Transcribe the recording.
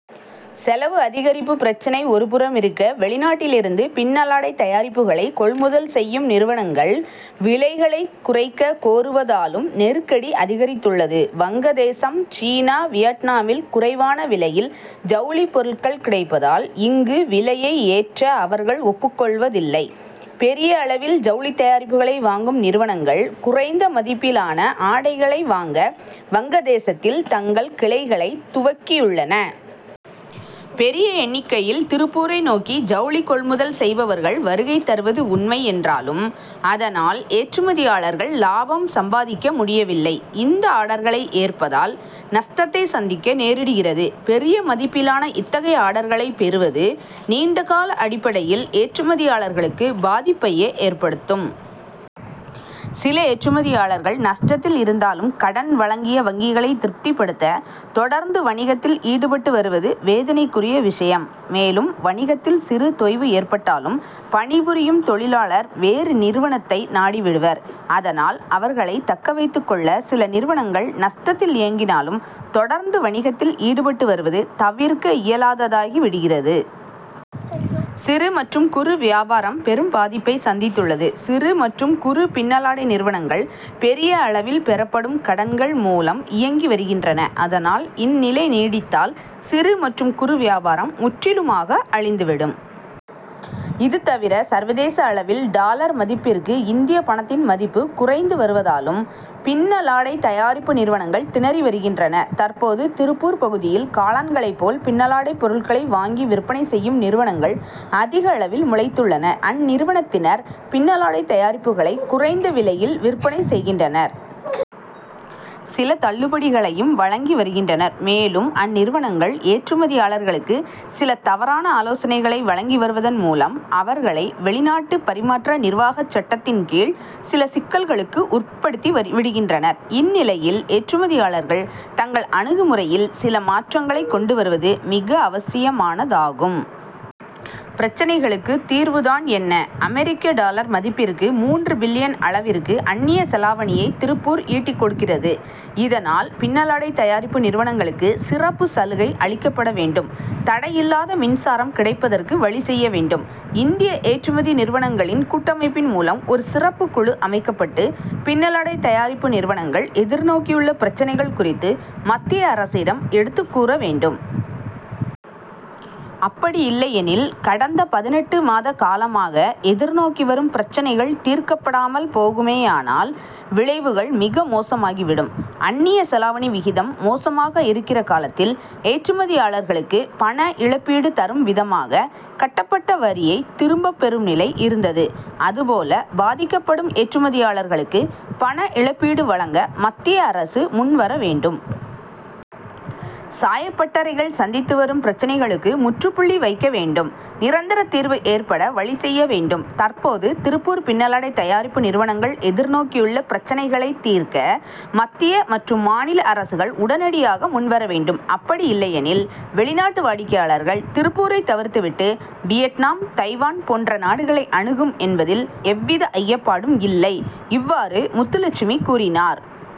செலவு அதிகரிப்பு பிரச்னை ஒருபுறமிருக்க, வெளிநாட்டிலிருந்து பின்னலாடை தயாரிப்புகளைக் கொள்முதல் செய் யும் நிறுவனங்கள், விலைகளைக் குறைக்கக் கோருவதாலும் நெருக்கடி அதிகரித்துள்ளது. வங்கதேசம், சீனா, வியட்நாமில், குறைவான விலையில் ஜவுளிப் பொருட்கள் கிடைப்பதால், இங்கு விலையை ஏற்ற அவர்கள் ஒப்புக் கொள்வதில்லை. பெரிய அளவில் ஜவுளித் தயாரிப்புகளை வாங் கும் நிறுவனங்கள், குறைந்த மதிப்பிலான ஆடைகளை வாங்க, வங்கதேசத்தில் தங்கள் கிளைகளைத் துவக்கியுள்ளன. பெரிய எண்ணிக்கையில் திருப்பூரை நோக்கி ஜவுளி கொள்முதல் செய்பவர்கள் வருகை தருவது உண்மை என்றாலும், அதனால், ஏற்றுமதியாளர்கள் லாபம் சம்பாதிக்க முடியவில்லை. இந்த ஆர்டர் களை ஏற் பதால், நஷ்டத்தை சந்திக்க நேரிடுகிறது. பெரிய மதிப் பிலான இத்தகைய ஆர்டர் களைப் பெறுவது, நீண்டகால அடிப்படையில் ஏற்றுமதியாளர்களுக்கு பாதிப் பையே ஏற்படுத்தும். சில ஏற்றுமதியாளர்கள் நஷ்டத்தில் இருந்தாலும், கடன் வழங்கிய வங்கிகளைத் திருப்திபடுத்த, தொடர்ந்து வணிகத்தில் ஈடுபட்டு வருவது வேதனைக்குரிய விஷயம். மேலும் வணிகத்தில் சிறு தொய்வு ஏற்பட்டாலும், பணிபுரியும் தொழிலாளர் வேறு நிறுவனத்தை நாடிவிடுவர். அதனால், அவர்களை தக்க வைத்துக் கொள்ள சில நிறுவனங்கள் நஷ்டத் தில் இயங்கினாலும், தொடர்ந்து வணிகத்தில் ஈடுபட்டு வருவது தவிர்க்க இயலாததாகி விடுகிறது. சிறு மற்றும் குறு வியாபாரம் பெரும் பாதிப்பைச் சந்தித்துள்ளது. சிறு மற்றும் குறு பின்னலாடை நிறுவனங்கள், பெரிய அள வில் பெறப்படும் கடன் கள் மூலம் இயங்கி வருகின்றன. அதனால், இந் நிலை நீடித்தால் சிறு மற் றும் குறு வியாபாரம் முற் றிலுமாக அழிந்துவிடும். இதுதவிர, சர்வதேச அளவில் டாலர் மதிப்பிற்கு இந்திய பணத்தின் மதிப்பு குறைந்து வருவதாலும், பின்னலாடை தயாரிப்பு நிறுவனங்கள் திணறி வருகின்றன. தற்போது, திருப்பூர் பகுதியில் காளான்களைப் போல் பின்னலாடைப் பொருட்களை வாங்கி விற்பனை செய்யும் நிறுவனங்கள் அதிகளவில் முளைத்துள்ளன. அந்நிறுவனத்தினர், பின்னலாடைத் தயாரிப்புகளை குறைந்த விலையில் விற்பனை செய்கின்றனர். சில தள்ளுபடிகளையும் வழங்கி வருகின்றனர். மேலும், அந்நிறுவனங்கள், ஏற்றுமதியாளர்களுக்கு சில தவறான ஆலோசனைகளை வழங்கி வருவதன் மூலம், அவர்களை, வெளிநாட்டு பரிமாற்ற நிர்வாகச் சட்டத்தின் கீழ் சில சிக்கல்களுக்கு உட்படுத்தி விடுகின்றனர். இந்நிலையில், ஏற்றுமதியாளர்கள், தங்கள் அணுகுமுறையில் சில மாற்றங்களைக் கொண்டு வருவது மிக அவசியமானதாகும். பிரச்னைகளுக்கு தீர்வுதான் என்ன: அமெரிக்க டாலர் மதிப்பிற்கு, மூன்று பில்லியன் அளவிற்கு அன்னிய செலாவணியை திருப்பூர் ஈட்டிக் கொடுக்கிறது. இதனால், பின்னலாடை தயாரிப்பு நிறுவனங்களுக்கு சிறப்புச் சலுகை அளிக்கப்பட வேண்டும். தடையில்லாத மின்சாரம் கிடைப்பதற்கு வழி செய்ய வேண்டும். இந்திய ஏற்றுமதி நிறுவனங்களின் கூட்டமைப்பின் மூலம் ஒரு சிறப்புக் குழு அமைக்கப்பட்டு, பின்னலாடை தயாரிப்பு நிறுவனங்கள் எதிர்நோக்கியுள்ள பிரச்னைகள் குறித்து மத்திய அரசிடம் எடுத்துக் கூற வேண்டும். அப்படியில்லையெனில், கடந்த பதினெட்டு மாதகாலமாக எதிர்நோக்கி வரும் பிரச்னைகள் தீர்க்கப்படாமல் போகுமேயானால், விளைவுகள் மிக மோசமாகி விடும். அன்னியச் செலாவணி விகிதம் மோசமாக இருக்கிற காலத்தில், ஏற்றுமதியாளர்களுக்கு பண இழப்பீடு தரும்விதமாக, கட்டப்பட்ட வரியைத் திரும்பப் பெறும் நிலை இருந்தது. அதுபோல பாதிக்கப்படும் ஏற்றுமதியாளர்களுக்குப் பண இழப்பீடு வழங்க மத்திய அரசு முன்வர வேண்டும். சாயப் பட்டறைகள் சந்தித்து வரும் பிரச்னைகளுக்கு முற்றுப்புள்ளி வைக்க வேண்டும். நிரந்தர தீர்வு ஏற்பட வழி செய்ய வேண்டும். தற்போது திருப்பூர் பின் னலாடைத் தயாரிப்பு நிறுவனங்கள் எதிர்நோக்கியுள்ள பிரச்னைகளைத் தீர்க்க, மத்திய மற்றும் மாநில அரசுகள் உடனடியாக முன்வர வேண்டும். அப்படியில்லையெனில், வெளிநாட்டு வாடிக்கையாளர்கள் திருப்பூரைத் தவிர்த்து விட்டு, வியட்நாம், தைவான் போன்ற நாடுகளை அணுகும் என்பதில் எவ்வித ஐயப்படும் இல்லை. இவ்வாறு முத்துலட்சுமி கூறினார்.